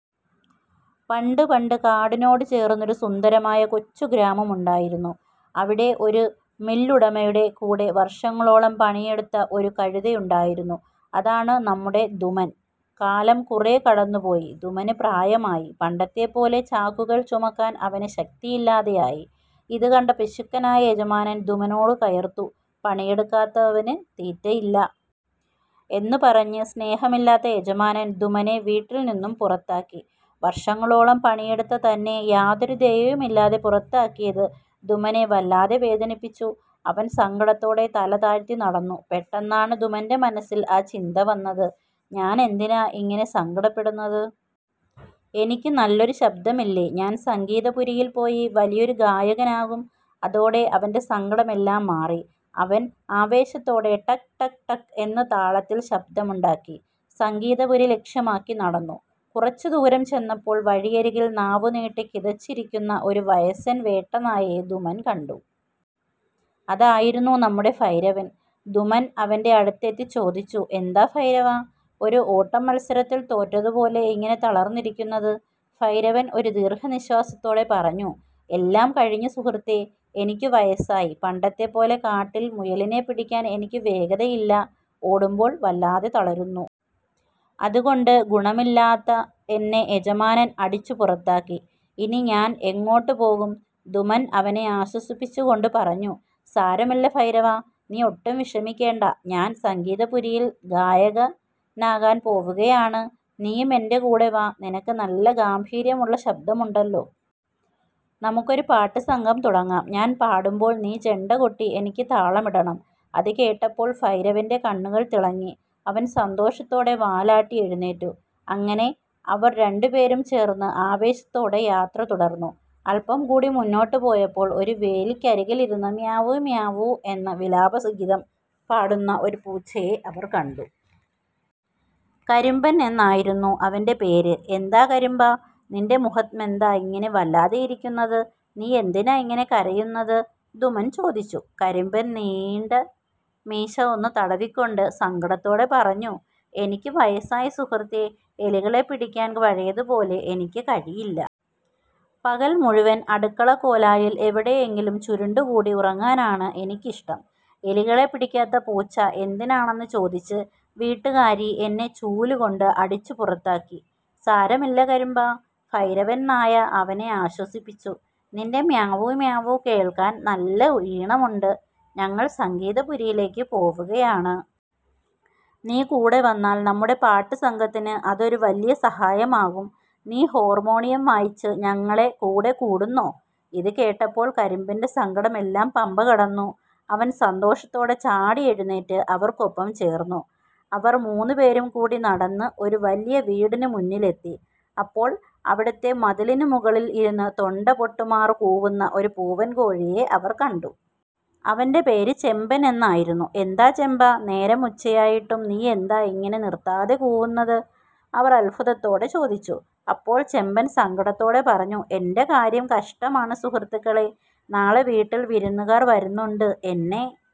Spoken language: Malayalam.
പണ്ട് പണ്ട്, കാടിനോട് ചേർന്നൊരു സുന്ദരമായ കൊച്ചു ഗ്രാമമുണ്ടായിരുന്നു. അവിടെ ഒരു മില്ലുടമയുടെ കൂടെ വർഷങ്ങളോളം പണിയെടുത്ത ഒരു കഴുതയുണ്ടായിരുന്നു. അതാണ് നമ്മുടെ ധുമ്മൻ. കാലം കുറേ കടന്നുപോയി, ധുമ്മന് പ്രായമായി. പണ്ടത്തെപ്പോലെ ചാക്കുകൾ ചുമക്കാൻ അവന് ശക്തിയില്ലാതായി. ഇതുകണ്ട പിശുക്കനായ യജമാനൻ ധുമ്മനോട് കയർത്തു "പണിയെടുക്കാത്തവന് തീറ്റയില്ല! " എന്ന് പറഞ്ഞു സ്നേഹമില്ലാത്ത യജമാനൻ ധുമ്മനെ വീട്ടിൽ നിന്നും പുറത്താക്കി. വർഷങ്ങളോളം പണിയെടുത്ത തന്നെ യാതൊരു ദയയുമില്ലാതെ പുറത്താക്കിയത് ധുമ്മനെ വല്ലാതെ വേദനിപ്പിച്ചു. അവൻ സങ്കടത്തോടെ തല താഴ്ത്തി നടന്നു. പെട്ടെന്നാണ് ധുമ്മന്റെ മനസ്സിൽ ആ ചിന്ത വന്നത്. "ഞാൻ എന്തിനാ ഇങ്ങനെ സങ്കടപ്പെടുന്നത്? എനിക്ക് നല്ലൊരു ശബ്ദമില്ലേ? ഞാൻ സംഗീതപുരിയിൽ പോയി വലിയൊരു ഗായകനാകും! " അതോടെ അവന്റെ സങ്കടമെല്ലാം മാറി. അവൻ ആവേശത്തോടെ 'ടക്-ടക്-ടക്' എന്ന് താളത്തിൽ ശബ്ദമുണ്ടാക്കി സംഗീതപുരി ലക്ഷ്യമാക്കി നടന്നു. കുറച്ചു ദൂരം ചെന്നപ്പോൾ വഴിയരികിൽ നാവുനീട്ടി കിതച്ചിരിക്കുന്ന ഒരു വയസ്സൻ വേട്ടനായയെ ധുമ്മൻ കണ്ടു. അതായിരുന്നു നമ്മുടെ ഭൈരവൻ. ധുമ്മൻ അവന്റെ അടുത്തെത്തി ചോദിച്ചു, "എന്താ ഭൈരവാ, ഒരു ഓട്ടമത്സരത്തിൽ തോറ്റതു പോലെ ഇങ്ങനെ തളർന്നിരിക്കുന്നത്? " ഭൈരവൻ ഒരു ദീർഘനിശ്വാസത്തോടെ പറഞ്ഞു, "എല്ലാം കഴിഞ്ഞു സുഹൃത്തേ! എനിക്ക് വയസ്സായി. പണ്ടത്തെപ്പോലെ കാട്ടിൽ മുയലിനെ പിടിക്കാൻ എനിക്ക് വേഗതയില്ല. ഓടുമ്പോൾ വല്ലാതെ തളരുന്നു. അതുകൊണ്ട് ഗുണമില്ലാത്ത എന്നെ യജമാനൻ അടിച്ചു പുറത്താക്കി. ഇനി ഞാൻ എങ്ങോട്ട് പോകും? " ധുമ്മൻ അവനെ ആശ്വസിപ്പിച്ചു കൊണ്ട് പറഞ്ഞു, "സാരമില്ല ഭൈരവാ, നീ ഒട്ടും വിഷമിക്കേണ്ട! ഞാൻ സംഗീതപുരിയിൽ ഗായകനാകാൻ പോകുകയാണ്. നീയും എന്റെ കൂടെ വാ. നിനക്ക് നല്ല ഗാംഭീര്യമുള്ള ശബ്ദമുണ്ടല്ലോ. നമുക്കൊരു പാട്ടുസംഘം തുടങ്ങാം. ഞാൻ പാടുമ്പോൾ നീ ചെണ്ട കൊട്ടി എനിക്ക് താളമിടണം. " അതുകേട്ടപ്പോൾ ഭൈരവന്റെ കണ്ണുകൾ തിളങ്ങി. അവൻ സന്തോഷത്തോടെ വാലാട്ടി എഴുന്നേറ്റു. അങ്ങനെ അവർ രണ്ടുപേരും ചേർന്ന് ആവേശത്തോടെ യാത്ര തുടർന്നു. അല്പം കൂടി മുന്നോട്ട് പോയപ്പോൾ ഒരു വേലിക്കരികിലിരുന്ന് 'മ്യാവൂ… മ്യാവൂ… ' എന്ന് വിലാപഗീതം പാടുന്ന ഒരു പൂച്ചയെ അവർ കണ്ടു. കരിമ്പൻ എന്നായിരുന്നു അവന്റെ പേര്. "എന്താ കരിമ്പാ, നിന്റെ മുഖമെന്താ ഇങ്ങനെ വല്ലാതെ ഇരിക്കുന്നത്? നീ എന്തിനാ ഇങ്ങനെ കരയുന്നത്? " ധുമ്മൻ ചോദിച്ചു. കരിമ്പൻ തന്റെ നീണ്ട മീശ ഒന്ന് തടവിക്കൊണ്ട് സങ്കടത്തോടെ പറഞ്ഞു: "എനിക്ക് വയസ്സായി സുഹൃത്തേ. എലികളെ പിടിക്കാൻ പഴയതുപോലെ എനിക്ക് കഴിയില്ല. പകൽ മുഴുവൻ അടുക്കളക്കോലായിൽ എവിടെയെങ്കിലും ചുരുണ്ടുകൂടി ഉറങ്ങാനാണ് എനിക്കിഷ്ടം. എലികളെ പിടിക്കാത്ത പൂച്ച എന്തിനാണെന്ന് ചോദിച്ച് വീട്ടുകാരി എന്നെ ചൂലുകൊണ്ട് അടിച്ചു പുറത്താക്കി. " "സാരമില്ല കരിമ്പാ," ഭൈരവൻ നായ അവനെ ആശ്വസിപ്പിച്ചു. "നിന്റെ മ്യാവൂ.. മ്യാവൂ.. കേൾക്കാൻ നല്ല ഈണമുണ്ട്. ഞങ്ങൾ സംഗീതപുരിയിലേക്ക് പോവുകയാണ്. നീ കൂടെ വന്നാൽ നമ്മുടെ പാട്ടുസംഘത്തിന് അതൊരു വലിയ സഹായമാകും. നീ ഹാർമോണിയം വായിച്ച് ഞങ്ങളെ കൂടെ കൂടുന്നോ? " ഇതുകേട്ടപ്പോൾ കരിമ്പന്റെ സങ്കടമെല്ലാം പമ്പകടന്നു! അവൻ സന്തോഷത്തോടെ ചാടിയെഴുന്നേറ്റ് അവർക്കൊപ്പം ചേർന്നു. അവർ മൂന്നുപേരും കൂടി നടന്ന് ഒരു വലിയ വീടിന് മുന്നിലെത്തി. അപ്പോൾ, അവിടുത്തെ മതിലിന് മുകളിൽ ഇരുന്ന് തൊണ്ട പൊട്ടുമാറ് കൂവുന്ന ഒരു പൂവൻകോഴിയെ അവർ കണ്ടു. അവന്റെ പേര് ചെമ്പൻ എന്നായിരുന്നു. "എന്താ ചെമ്പാ, നേരം ഉച്ചയായിട്ടും നീയെന്താ ഇങ്ങനെ നിർത്താതെ കൂവുന്നത്? " അവർ അത്ഭുതത്തോടെ ചോദിച്ചു. അപ്പോൾ ചെമ്പൻ സങ്കടത്തോടെ പറഞ്ഞു: "എന്റെ കാര്യം കഷ്ടമാണ് സുഹൃത്തുക്കളേ! നാളെ വീട്ടിൽ വിരുന്നുകാർ വരുന്നുണ്ട്. എന്നെ